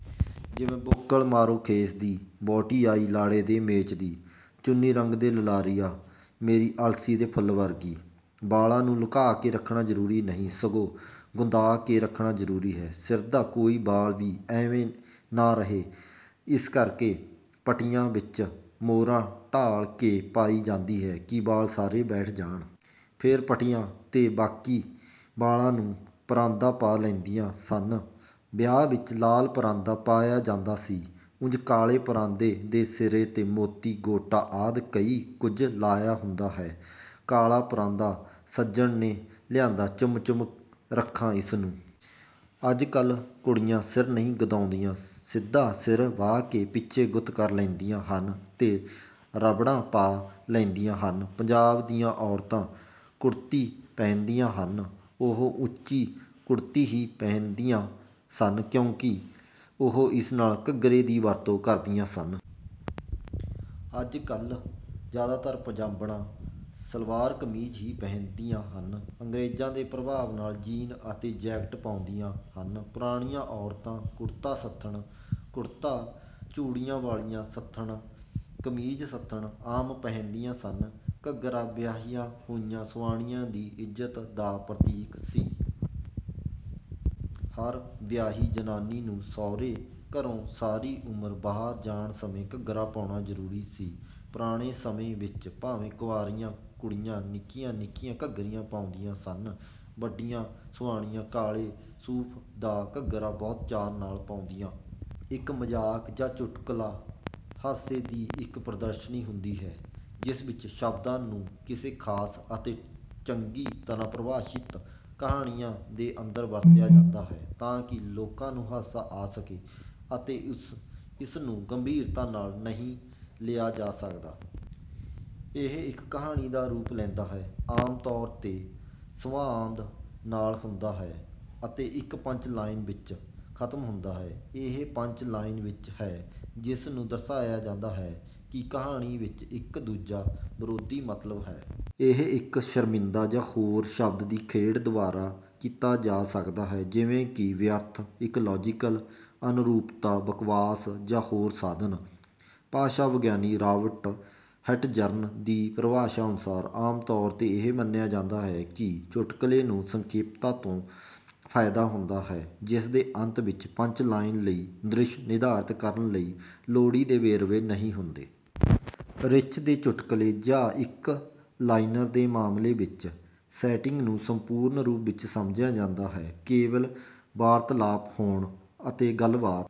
ਜਿਵੇਂ: “ਬੁੱਕਲ ਮਾਰੋ ਖੇਸ ਦੀ, ਵਾਹੁੱਟੀ ਆਈ ਲਾੜੇ ਦੇ ਮੇਚ ਦੀ, ਚੁੰਨੀ ਰੰਗਦੇ ਲਲਾਰੀਆ, ਮੇਰੀ ਆਲਸੀ ਦੇ ਫੁੱਲ ਵਰਗੀ।” ਵਾਲਾਂ ਨੂੰ ਲੁਕਾ ਕੇ ਰੱਖਣਾ ਜ਼ਰੂਰੀ ਨਹੀਂ, ਸਗੋਂ ਗੁੰਦਾ ਕੇ ਰੱਖਣਾ ਜ਼ਰੂਰੀ ਹੈ। ਸਿਰ ਦਾ ਕੋਈ ਵਾਲ ਵੀ ਐਂਵੇਂ ਨਾ ਰਹੇ, ਇਸ ਕਰਕੇ ਪੱਟੀਆਂ ਵਿੱਚ ਮੋਰਾ ਢਾਲ ਕੇ ਪਾਈ ਜਾਂਦੀ ਸੀ ਕਿ ਵਾਲ ਸਾਰੇ ਬੈਠ ਜਾਣ। ਫੇਰ ਪੱਟੀਆਂ ’ਤੇ ਬਾਕੀ ਵਾਲਾਂ ਨੂੰ ਪਰਾਂਦਾ ਪਾ ਲੈਂਦੀਆਂ ਸਨ। ਵਿਆਹ ਵਿੱਚ ਲਾਲ ਪਰਾਂਦਾ ਪਾਇਆ ਜਾਂਦਾ ਸੀ। ਉਂਝ ਕਾਲੇ ਪਰਾਂਦੇ ਦੇ ਸਿਰੇ ’ਤੇ ਮੋਤੀ, ਗੋਟਾ ਆਦਿ ਕਈ ਕੁਝ ਲਾਇਆ ਹੁੰਦਾ ਹੈ। “ਕਾਲਾ ਪਰਾਂਦਾ ਸੱਜਣ ਨੇ ਲਿਆਂਦਾ, ਚੁੰਮ-ਚੁੰਮ ਰੱਖਾਂ ਏਸ ਨੂੰ।” ਅੱਜ-ਕੱਲ੍ਹ ਕੁੜੀਆਂ ਸਿਰ ਨਹੀਂ ਗੁੰਦਾਉਂਦੀਆਂ। ਸਿੱਧਾ ਸਿਰ ਵਾਹ ਕੇ ਪਿੱਛੇ ਗੁੱਤ ਕਰ ਲੈਂਦੀਆਂ ਹਨ ਤੇ ਰਬੜਾਂ ਪਾ ਲੈਂਦੀਆਂ ਹਨ। ਪੰਜਾਬ ਦੀਆਂ ਔਰਤਾਂ ਕੁੜਤੀ ਪਹਿਨਦੀਆਂ ਹਨ। ਉਹ ਉੱਚੀ ਕੁੜਤੀ ਹੀ ਪਹਿਨਦੀਆਂ ਸਨ, ਕਿਉਂਕਿ ਉਹ ਇਸ ਨਾਲ ਘੱਗਰੇ ਦੀ ਵਰਤੋਂ ਕਰਦੀਆਂ ਸਨ। ਪਰ ਅੱਜ-ਕੱਲ੍ਹ ਜ਼ਿਆਦਾਤਰ ਪੰਜਾਬਣਾਂ ਸਲਵਾਰ-ਕਮੀਜ਼ ਹੀ ਪਹਿਨਦੀਆਂ ਹਨ। ਅੰਗਰੇਜ਼ਾਂ ਦੇ ਪ੍ਰਭਾਵ ਨਾਲ ਜੀਨ ਅਤੇ ਜੈਕਿਟ ਪਾਉਂਦੀਆਂ ਹਨ। ਪੁਰਾਣੀਆਂ ਔਰਤਾਂ ਕੁੜਤਾ-ਸੁੱਥਣ, ਕੁੜਤਾ, ਚੂੜੀਆਂ ਵਾਲੀ ਸੁੱਥਣ, ਕਮੀਜ਼-ਸੁੱਥਣ ਆਮ ਪਹਿਨਦੀਆਂ ਸਨ। ਘੱਗਰਾ ਵਿਆਹੀਆਂ ਹੋਈਆਂ ਸੁਆਣੀਆਂ ਦੀ ਇੱਜ਼ਤ ਦਾ ਪ੍ਰਤੀਕ ਸੀ। ਹਰ ਵਿਆਹੀ ਜਨਾਨੀ ਨੂੰ ਸਹੁਰੇ ਘਰੋਂ ਸਾਰੀ ਉਮਰ ਬਾਹਰ ਜਾਣ ਸਮੇਂ ਘੱਗਰਾ ਪਾਉਣਾ ਜ਼ਰੂਰੀ ਸੀ। ਪੁਰਾਣੇ ਸਮੇਂ ਵਿੱਚ ਭਾਵੇਂ ਕੁਆਰੀਆਂ ਕੁੜੀਆਂ ਨਿੱਕੀਆਂ-ਨਿੱਕੀਆਂ ਘੱਗਰੀਆਂ ਪਾਉਂਦੀਆਂ ਸਨ। ਵੱਡੀਆਂ ਸੁਆਣੀਆਂ ਕਾਲੇ ਸੂਫ਼ ਦਾ ਘੱਗਰਾ ਬਹੁਤ ਚਾਅ ਨਾਲ ਪਾਉਂਦੀਆਂ। ਇੱਕ ਮਜ਼ਾਕ ਜਾਂ ਚੁਟਕੁਲਾ ਹਾਸੇ ਦੀ ਇੱਕ ਪ੍ਰਦਰਸ਼ਨੀ ਹੁੰਦੀ ਹੈ, ਜਿਸ ਵਿੱਚ ਸ਼ਬਦਾਂ ਨੂੰ ਕਿਸੇ ਖ਼ਾਸ ਅਤੇ ਚੰਗੀ ਤਰ੍ਹਾਂ ਪਰਿਭਾਸ਼ਿਤ ਕਹਾਣੀ ਦੇ ਅੰਦਰ ਵਰਤਿਆ ਜਾਂਦਾ ਹੈ, ਤਾਂ ਕਿ ਲੋਕਾਂ ਨੂੰ ਹਾਸਾ ਆ ਸਕੇ ਅਤੇ ਇਸਨੂੰ ਗੰਭੀਰਤਾ ਨਾਲ ਨਹੀਂ ਲਿਆ ਜਾ ਸਕਦਾ। ਇਹ ਇੱਕ ਕਹਾਣੀ ਦਾ ਰੂਪ ਲੈਂਦਾ ਹੈ, ਆਮ ਤੌਰ ’ਤੇ ਸੰਵਾਦ ਨਾਲ ਹੁੰਦਾ ਹੈ ਅਤੇ ਇੱਕ ਪੰਚ-ਲਾਈਨ ਵਿੱਚ ਖ਼ਤਮ ਹੁੰਦਾ ਹੈ। ਇਹ ਪੰਚ-ਲਾਈਨ ਵਿੱਚ ਹੈ ਜਿਸ ਨੂੰ ਦਰਸਾਇਆ ਜਾਂਦਾ ਹੈ ਕਿ ਕਹਾਣੀ ਵਿੱਚ ਇੱਕ ਦੂਜਾ, ਵਿਰੋਧੀ ਮਤਲਬ ਹੈ। ਇਹ ਇੱਕ ਸ਼ਰਮਿੰਦਾ ਜਾਂ ਹੋਰ ਸ਼ਬਦ ਦੀ ਖੇਡ ਦੁਆਰਾ ਕੀਤਾ ਜਾ ਸਕਦਾ ਹੈ, ਜਿਵੇਂ ਕਿ ਵਿਅਰਥ, ਇੱਕ ਲਾਜ਼ੀਕਲ ਅਨੁਰੂਪਤਾ, ਬਕਵਾਸ ਜਾਂ ਹੋਰ ਸਾਧਨ। ਭਾਸ਼ਾ-ਵਿਗਿਆਨੀ ਰਾਬਰਟ ਹੈਟਜ਼ਰਨ ਦੀ ਪਰਿਭਾਸ਼ਾ ਅਨੁਸਾਰ, ਆਮ ਤੌਰ ’ਤੇ ਇਹ ਮੰਨਿਆ ਜਾਂਦਾ ਹੈ ਕਿ ਚੁਟਕਲੇ ਨੂੰ ਸੰਖੇਪਤਾ ਤੋਂ ਫ਼ਾਇਦਾ ਹੁੰਦਾ ਹੈ, ਜਿਸ ਦੇ ਅੰਤ ਵਿੱਚ ਪੰਚ-ਲਾਈਨ ਲਈ ਦ੍ਰਿਸ਼ ਨਿਰਧਾਰਤ ਕਰਨ ਲਈ ਲੋੜੀਂਦੇ ਵੇਰਵੇ ਨਹੀਂ ਹੁੰਦੇ। ਰਿੱਛ ਦੇ ਚੁਟਕਲੇ ਜਾਂ ਇੱਕ-ਲਾਈਨਰ ਦੇ ਮਾਮਲੇ ਵਿੱਚ, ਸੈਟਿੰਗ ਨੂੰ ਸੰਪੂਰਨ ਰੂਪ ਵਿੱਚ ਸਮਝਿਆ ਜਾਂਦਾ ਹੈ, ਕੇਵਲ ਵਾਰਤਾਲਾਪ ਹੋਣ ਅਤੇ ਗੱਲਬਾਤ...